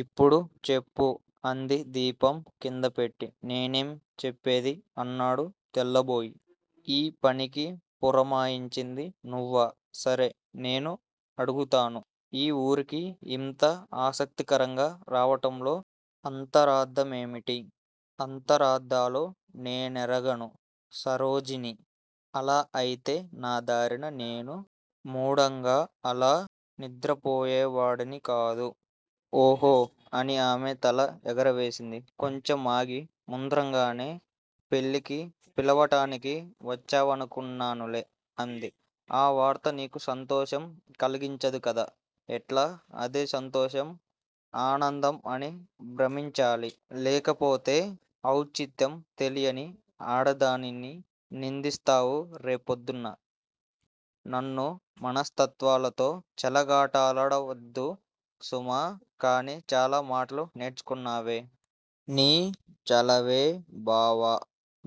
'ఇప్పుడు చెప్పు' అంది దీపం క్రిందపెట్టి. నేనేం చెప్పేది? అన్నాడు తెల్లబోయి. ఈ పనికి పురమాయించింది నువ్వు సరే, నేనే అడుగుతాను. ఈ ఊరికి యింత ఆకస్మికంగా రావటంలో అంతరార్దమేమిటి? అంతరార్దాలు నేనెరుగను సరోజినీ. అలా అయితే నా దారిన నేను మూఢంగా అలా నిద్రపోయేవాడిని కాదు. ఓహో! అని ఆమె తల ఎగురవేసింది. కొంచెం ఆగి మంద్రంగా నీ పెళ్ళికి పిలవటానికి వచ్చావనుకున్నానులే అంది. ఆ వార్త నీకు సంతోషం కలిగించదు కద! ఎట్లా? అదే సంతోషం, ఆనందం అని భ్రమించాలి. లేకపోతే ఔచిత్యం తెలియని ఆడదానివని నిందిస్తావు రేప్రొద్దున్న. నువ్వు మనస్తత్వాలతో చెలగాటాలాడవద్దు సుమా, కానీ చాలా మాటలు నేర్చుకున్నావే? నీ చలవే బావా!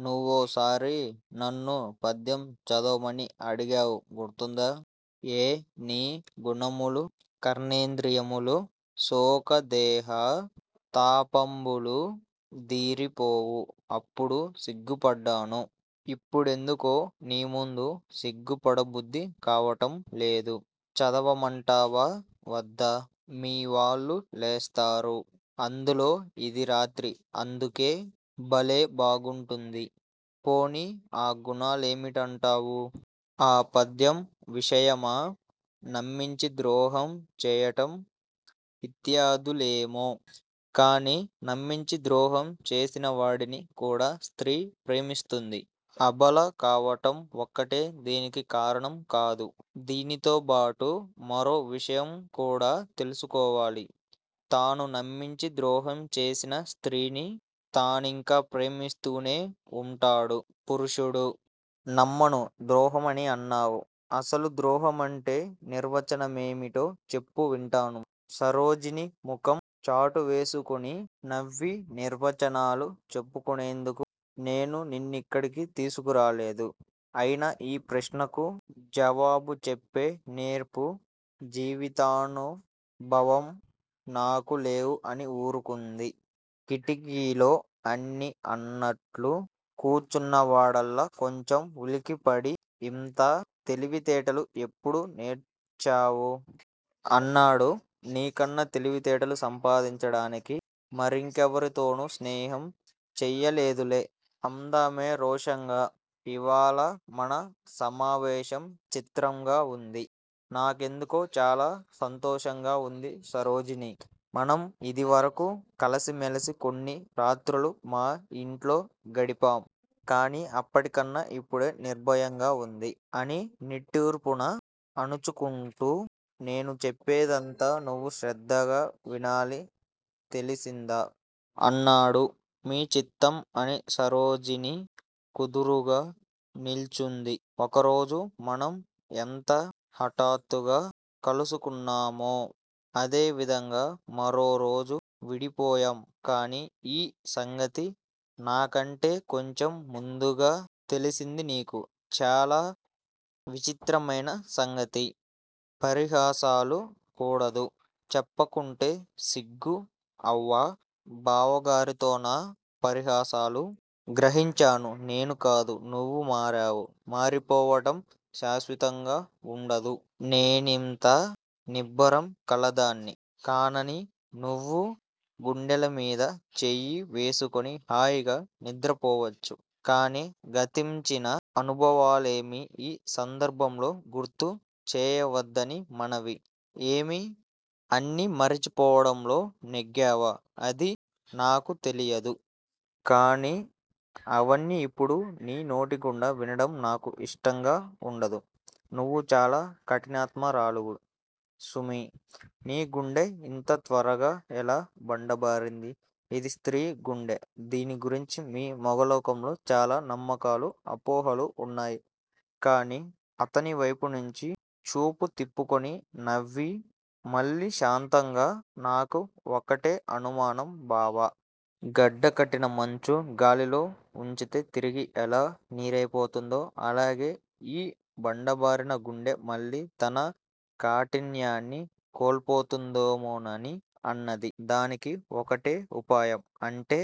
నువ్వోసారి నన్నో పద్యం చదవమని అడిగావు గుర్తుందా? ఏ నీ గుణములు కర్ణేంద్రియములు సోక దేహ తాపంబులు దీరిపోవు అప్పుడు సిగ్గుపడ్డాను. ఇప్పుడెందుకో నీముందు సిగ్గుపడబుద్ది కావడంలేదు. చదవమంటావా? వద్దు. మీవాళ్ళు లేస్తారు. అందులో యిది రాత్రి అందుకే భలే బాగుంటుంది పోనీ ఆ గుణాలేమిటంటావు? ఆ పద్యం విషయమా? నమ్మించి ద్రోహం చెయ్యటం-యిత్యాదు లేమో? కానీ నమ్మించి ద్రోహం చేసినవాడిని కూడా స్త్రీ ప్రేమిస్తుంది. అబల కావటం ఒక్కటే దీనికి కారణం కాదు. దీనితోబాటూ మరో విషయంకూడా తెలుసుకోవాలి. తాను నమ్మించి ద్రోహం చేసిన స్త్రీని తానింకా ప్రేమిస్తూనే వుంటాడు పురుషుడు! నమ్మాను ద్రోహం అని అన్నావు. అసలు ద్రోహం అంటే నిర్వచనమేమిటో చెప్పు వింటాను. సరోజిని ముఖం చాటుచేసుకుని నవ్వి నిర్వచనాలు చెప్పుకునేందుకు నేను నిన్నిక్కడికి తీసుకురాలేదు. అయినా ఈ ప్రశ్నకు జవాబుచెప్పే నేర్పు, జీవితానుభవం నాకు లేవు అనిఊరుకుంది. కిటికీలో ఆనీ ఆననట్లు కూర్చున్నవాడల్లా కొంచెం ఉలికిపడి ఇంత తెలివితేటలు ఎప్పుడు నేర్చావు? అన్నాడు. నీకన్నా తెలివితేటలు సంపాదించడానికి మరింకెవరితోనూ స్నేహం చేయలేదులే అందామె రోషంగా. 'ఇవాళ మన సమావేశం చిత్రంగా వుంది. నాకెందుకో చాలా సంతోషంగా వుంది సరోజినీ. మనం ఇదివరకు కలసిమెలసి కొన్ని రాత్రులు మా యింట్లో గడిపాం. కానీ అప్పటికన్నా యిప్పుడే నిర్భయంగా వుంది' అని నిట్టూర్పును అణచుకుంటూ 'నేను చెప్పేదంతా నువ్వు శ్రద్దగా వినాలి తెలిసిందా? ' అన్నాడు. మీ చిత్తం అని సరోజిని కుదురుగా నిల్చుంది. ఒకరోజు మనం ఎంత హఠాత్తుగా కలుసుకున్నామో, అదే విధంగా మరోరోజు విడిపోయాం కానీ యీ సంగతి నాకంటే కొంచెం ముందుగా తెలిసింది నీకు. చాలా విచిత్రమైన సంగతి. పరిహాసాలు కూడదు. చెప్పుకుంటే సిగ్గు అవ్వ, బావగారితోనా పరిహాసాలు? గ్రహించాను నేనే కాదు, నువ్వూ మారావు మారిపోవడం శాశ్వతంగా వుండదు. నేనింత నిబ్బరం కలదాన్ని కానని నువ్వు గుండెలమీద చెయ్యి వేసుకుని హాయిగా నిద్రపోవచ్చు. కానీ గతించిన అనుభవాలేమీ యీ సందర్భంలో గుర్తు చేయవద్దని మనవి. ఏమీ? అన్నీ మరచిపోవడంలో నెగ్గావా? అది నాకు తెలియదు. కానీ అవన్నీ యిప్పుడు నీ నోటిగుండా వినడం నాకు యిష్టంగా ఉండదు. నువ్వు చాలా కఠినాత్మురాలవు సుమీ! నీ గుండె ఇంత తొందరగా ఎలా బండబారింది? ఇది స్త్రీ గుండె దీన్ని గురించి మీ మొగలోకంలో చాలా నమ్మకాలు అపోహలూ వున్నాయి కానీ అతనివైపునుంచి చూపు త్రిప్పుకుని నవ్వి, మళ్ళీ శాంతంగా 'నాకు ఒక్కటే అనుమానం బావా! గడ్డ కట్టిన మంచు-గాలిలో వుంచితే తిరిగి ఎలా నీరైపోతుందో, అలాగే ఈ బండబారిన గుండె మళ్ళీ తన కాఠిన్యాన్ని కోల్పోతుందేమోనని అన్నది. దానికి ఒకటే ఉపాయం అంటే?